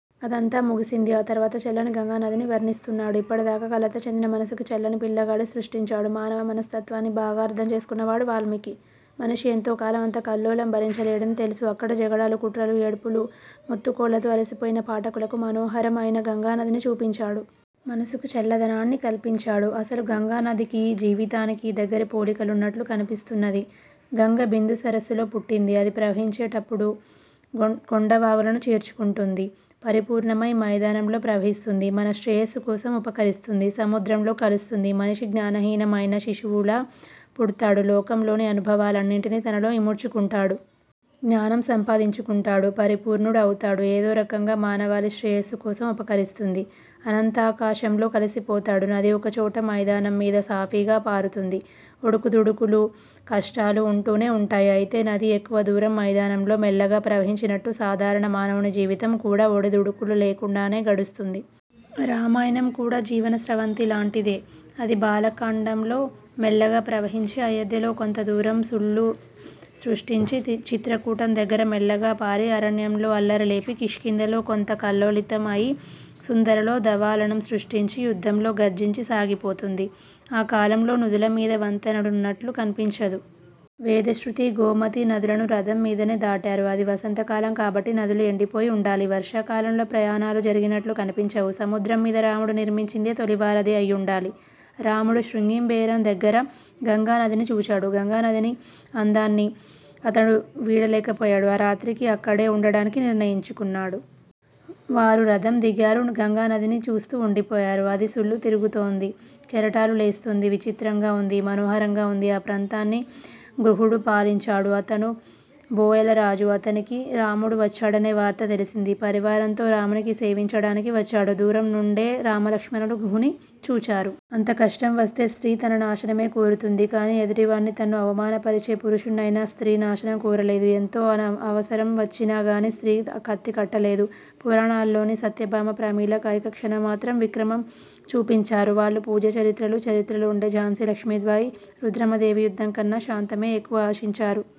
అదంతా ముగిసింది. ఆ తరువాత చల్లని గంగానదిని వర్ణిస్తున్నాడు. ఇప్పటిదాక కలత చెందిన మనసుకు చల్లని పిల్లగాలి సృష్టించాడు. మానవ మనస్తత్వాన్ని బాగా అర్థం చేసుకున్నవాడు వాల్మీకి. మనిషి ఎంతోకాలం అంత కల్లోలం భరించలేడని తెలుసు అక్కడ జగడాలు, కుట్రలు, ఏడ్పులు, మొత్తుకోళ్లతో అలసిపోయిన పాఠకులకు మనోహరం అయిన గంగానదిని చూపించాడు. మనసుకు చల్లదనాన్ని కల్పించాడు. అసలు గంగానదికీ జీవితానికీ దగ్గరి పోలికలున్నట్లు కనిపిస్తున్నది. గంగ బిందుసరస్సులో పుట్టింది. అది ప్రవహించేప్పుడు కొండవాగులను చేర్చుకుంటుంది. పరిపూర్ణమై మైదానంలో ప్రవహిస్తుంది. మన శ్రేయస్సుకోసం ఉపకరిస్తుంది. సముద్రంలో కలుస్తుంది. మనిషి జ్ఞానహీనం అయిన శిశువులా పుడ్తాడు. లోకంలోని అనుభవాలన్నింటిని తనలో ఇముడ్చుకుంటాడు. జ్ఞానం సంపాదించుకుంటాడు. పరిపూర్ణుడు అవుతాడు. ఏదోరకంగా మానవాళి శ్రేయస్సు కోసం ఉపకరిస్తుంది. అనంతాకాశంలో కలిసిపోతాడు. నది ఒకచోట మైదానం మీద సాఫీగా పారుతుంది. ఒడుదుడుకులూ, కష్టాలూ ఉంటూనే ఉంటాయి. అయితే నది ఎక్కువ దూరం మైదానంలో మెల్లగా ప్రవహించినట్టు సాధారణ మానవుని జీవితం కూడ ఒడుదుడుకులు లేకుండానే గడుస్తుంది. రామాయణం కూడా జీవన స్రవంతిలాంటిదే. అది బాలకాండలో మెల్లగా ప్రవహించి, అయోధ్యలో కొంతదూరం సుళ్ళు సృష్టించి, చిత్రకూటం దగ్గర మెల్లగా పారి, అరణ్యంలో అల్లరి లేపి కిష్కింధలో కొంత కల్లోలితం అయి, సుందరంలో దవాలనం సృష్టించి, యుద్ధంలో గర్జించి సాగిపోతుంది. ఆ కాలంలో నదులమీద వంతెనలున్నట్లు కనిపించదు. వేదశృతి, గోమతి నదులను రథం మీదనే దాటారు. అది వసంతకాలం కాబట్టి నదులు ఎండిపోయి ఉండాలి. వర్షాకాలంలో ప్రయాణాలు జరిగినట్లు కనిపించవు. సముద్రం మీద రాముడు నిర్మించిందే తొలి వారధి అయ్యుండాలి. రాముడు శృంగిబేరం దగ్గర గంగానదిని చూచాడు. గంగానదిని అందాన్ని అతడు వీడలేకపోయాడు. ఆరాత్రికి అక్కడే ఉండటానికి నిర్ణయించుకున్నాడు. వారు రథం దిగారు. గంగానదిని చూస్తూ ఉండిపోయారు. అది సుళ్ళు తిరుగుతూంది, కెరటాలు లేస్తూంది. విచిత్రంగా ఉంది. మనోహరంగా ఉంది. ఆ ప్రాంతాన్ని గుహుడు పాలించాడు. అతడు బోయలరాజు. అతనికి రాముడు వచ్చాడనే వార్త తెలిసింది. పరివారంతో రాముని సేవించడానికి వచ్చాడు. దూరంనుండే రామలక్ష్మణులు గుహుని చూచారు. అంత కష్టం వస్తే స్త్రీ తన నాశనమే కోరుతుంది. కాని ఎదుటివాణ్ణి తన్ను అవమానపరచే పురుషుణ్ణయినా, స్త్రీ నాశనం కోరలేదు. ఎంతో అవసరం వచ్చినాగాని స్త్రీ కత్తికట్టలేదు. పూరాణాల్లోని సత్యభామ, ప్రమీల, కైక క్షణమాత్రం విక్రమం చూపించారు. వాళ్ళు పూజ్య చరిత్రలు. చరిత్రలో ఉండే ఝాన్సీలక్ష్మీబాయి, రుద్రమదేవి యుద్ధంకన్న శాంతమే యెక్కువ ఆశించారు.